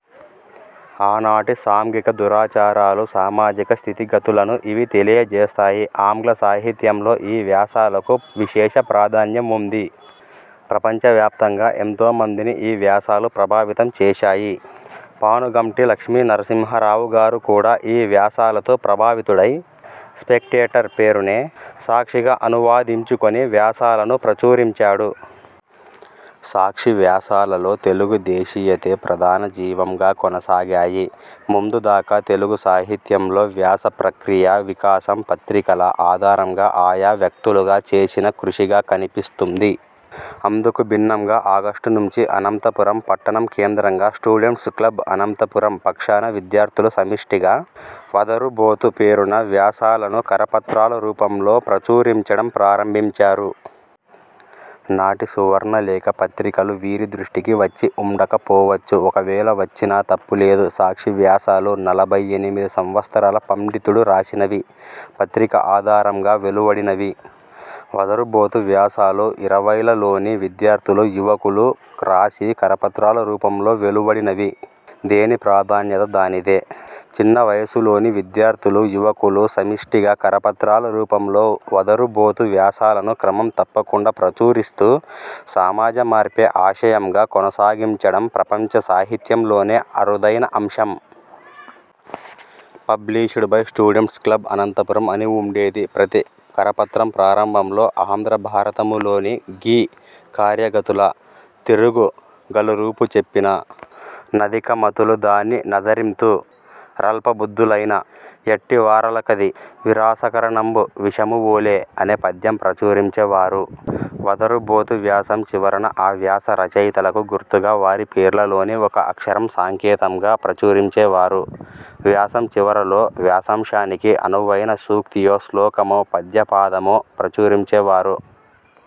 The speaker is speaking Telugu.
ఆనాటి సాంఘిక దురాచారాలు, సామాజిక స్థితిగతులను ఇవి తెలియజేస్తాయి. ఆంగ్ల సాహిత్యంలో ఈ వ్యాసాలకు విశేష ప్రాధాన్యం ఉంది. ప్రపంచ వ్యాప్తంగా ఎంతో మందిని ఈ వ్యాసాలు ప్రభావితం చేశాయి. పానుగంటి లక్ష్మీనరసింహారావు గారు కూడా ఈ వ్యాసాలతో ప్రభావితుడై 'స్పెక్టేటర్' పేరునే 'సాక్షి'గా అనువదించుకొని వ్యాసాలను ప్రచురించాడు. 'సాక్షి వ్యాసాల'లో తెలుగు దేశీయతే ప్రధాన జీవంగా కొనసాగాయి. ముందు దాకా తెలుగు సాహిత్యంలో వ్యాసప్రక్రియ వికాసం పత్రికల ఆధారంగా ఆయా వ్యక్తులుగా చేసిన కృషిగా కనిపిస్తుంది. అందుకు భిన్నంగా ఆగస్టు నుంచి అనంతపురం పట్టణం కేంద్రంగా 'స్టూడెంట్స్ క్లబ్ అనంతపురం' పక్షాన విద్యార్థులు సమిష్టిగా 'వదరుఁబోతు' పేరున వ్యాసాలను కరపత్రాల రూపంలో ప్రచురించడం ప్రారంభించారు. నాటి 'సువర్ణలేఖ' పత్రికలు వీరి దృష్టికి వచ్చి వుండకపోవచ్చు. ఒకవేళ వచ్చినా తప్పులేదు. 'సాక్షివ్యాసాలు' నలభైఎనిమిది సంవత్సరాల పండితుడు రాసినవి, పత్రిక ఆధారంగా వెలువడినవి. 'వదరుఁబోతు' వ్యాసాలు ఇరవైలలోని విద్యార్థులు, యువకులు రాసి కరపత్రాల రూపంలో వెలువడినవి. దేని ప్రాధాన్యత దానిదే! చిన్నవయసులోని విద్యార్థులు, యువకులు సమిష్టిగా కరపత్రాల రూపంలో 'వదరుఁబోతు' వ్యాసాలను క్రమం తప్పకుండా ప్రచురిస్తూ సమాజమార్పే ఆశయంగా కొనసాగించడం ప్రపంచ సాహిత్యంలోనే అరుదైన అంశం. 'Published by students club Anantapuram' అని ఉండేది. ప్రతి కరపత్రం ప్రారంభంలో ఆంధ్రభారతములోని గీ ''కార్యగతుల తెఱఁగు గలరూపుచెప్పిన/ నధికమతులు దాని నాదరింతు / రల్పబుద్ధులైన యట్టివారలకది/ విరసకారణంబు విషము వోలె'' అనే పద్యం ప్రచురించేవారు. వదరుఁబోతు వ్యాసం చివరన ఆ వ్యాస రచయితలకు గుర్తుగా వారి పేర్లలోని ఒక అక్షరం సంకేతంగా ప్రచురించేవారు. వ్యాసం చివరలో వ్యాసాంశానికి అనువైన సూక్తియో, శ్లోకమో, పద్యపాదమో ప్రచురించేవారు.